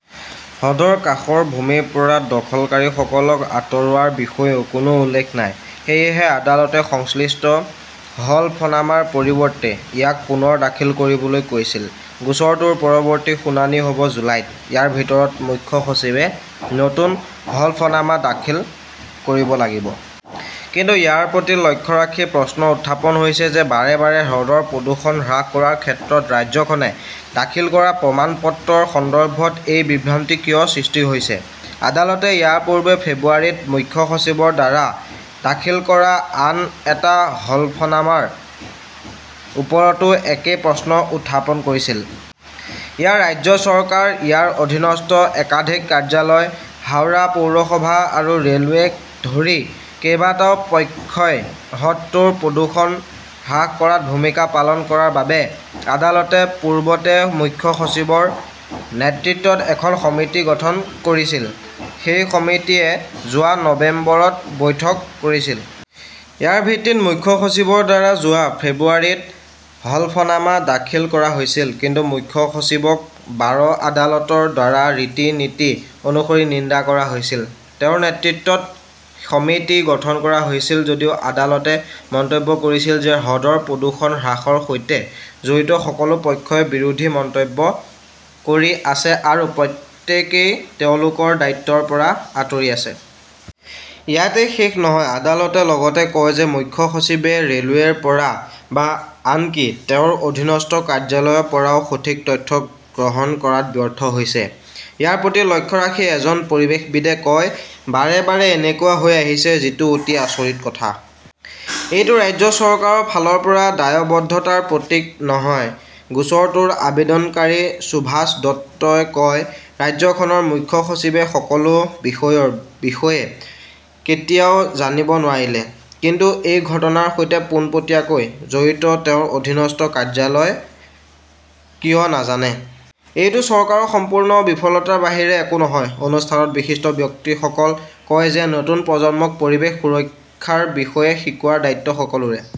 হ্ৰদৰ কাষৰ ভূমিৰ পৰা দখলকাৰীসকলক আঁতৰোৱাৰ বিষয়েও কোনো উল্লেখ নাই। সেয়েহে আদালতে সংশ্লিষ্ট হলফনামাৰ পৰিৱৰ্তে ইয়াক পুনৰ দাখিল কৰিবলৈ কৈছিল। গোচৰটোৰ পৰৱৰ্তী শুনানি হ'ব জুলাইত। ইয়াৰ ভিতৰত মুখ্য সচিবে নতুন হলফনামা দাখিল কৰিব লাগিব। কিন্তু ইয়াৰ প্ৰতি লক্ষ্য ৰাখি প্ৰশ্ন উত্থাপন হৈছে যে বাৰে বাৰে হ্ৰদৰ প্ৰদূষণ হ্ৰাস কৰাৰ ক্ষেত্ৰত ৰাজ্যখনে দাখিল কৰা প্ৰমাণপত্ৰৰ সন্দৰ্ভত এই বিভ্ৰান্তি কিয় সৃষ্টি হৈছে। আদালতে ইয়াৰ পূৰ্বে ফেব্ৰুৱাৰীত মুখ্য সচিবৰ দ্বাৰা দাখিল কৰা আন এটা হলফনামাৰ ওপৰতো একে প্ৰশ্ন উত্থাপন কৰিছিল। ইয়াৰ ৰাজ্য চৰকাৰ, ইয়াৰ অধীনস্থ একাধিক কাৰ্যালয়, হাওৰা পৌৰসভা আৰু ৰে'লৱেকে ধৰি কেইবাটাও পক্ষই হ্ৰদটোৰ প্ৰদূষণ হ্ৰাস কৰাত ভূমিকা পালন কৰাৰ বাবে আদালতে পূৰ্বতে মুখ্য সচিবৰ নেতৃত্বত এখন সমিতি গঠন কৰিছিল। সেই সমিতিয়ে যোৱা নৱেম্বৰত বৈঠক কৰিছিল। ইয়াৰ ভিত্তিত মুখ্য সচিবৰ দ্বাৰা যোৱা ফেব্ৰুৱাৰীত হলফনামা দাখিল কৰা হৈছিল। কিন্তু মুখ্য সচিবক বাৰ আদালতৰ দ্বাৰা ৰীতি-নীতি অনুসৰি "নিন্দা" কৰা হৈছিল। তেওঁৰ নেতৃত্বত সমিতি গঠন কৰা হৈছিল যদিও আদালতে মন্তব্য কৰিছিল যে হ্ৰদৰ প্ৰদূষণ হ্ৰাসৰ সৈতে জড়িত সকলো পক্ষই বিৰোধী মন্তব্য কৰি আছে আৰু প্ৰত্যেকেই তেওঁলোকৰ দায়িত্বৰ পৰা আঁতৰি আছে। ইয়াতেই শেষ নহয়। আদালতে লগতে কয় যে মুখ্য সচিবে ৰে'লৱেৰ পৰা বা আনকি তেওঁৰ অধীনস্থ কাৰ্যালয়ৰ পৰাও সঠিক তথ্য সংগ্ৰহ কৰাত ব্যৰ্থ হৈছে। ইয়াৰ প্ৰতি লক্ষ্য ৰাখি এজন পৰিৱেশবিদে কয়, "বাৰে বাৰে এনেকুৱা হৈ আহিছে, যিটো অতি আচৰিত কথা। এইটো ৰাজ্য চৰকাৰৰ ফালৰ পৰা দায়বদ্ধতাৰ প্ৰতীক নহয়।" গোচৰটোৰ আবেদনকাৰী সুভাষ দত্তই কয়, "ৰাজ্যখনৰ মুখ্য সচিবে সকলো বিষয়ৰ বিষয়ে কেতিয়াও জানিব নোৱাৰিলে। কিন্তু এই ঘটনাৰ সৈতে পোনপটীয়াকৈ জড়িত তেওঁৰ অধীনস্থ কাৰ্যালয়ে কিয় নাজানে? এইটো চৰকাৰৰ সম্পূৰ্ণ বিফলতাৰ বাহিৰে একো নহয়।" অনুষ্ঠানত বিশিষ্ট ব্যক্তিসকল কয় যে নতুন প্ৰজন্মক পৰিৱেশ সুৰক্ষাৰ বিষয়ে শিকোৱাৰ দায়িত্ব সকলোৰে।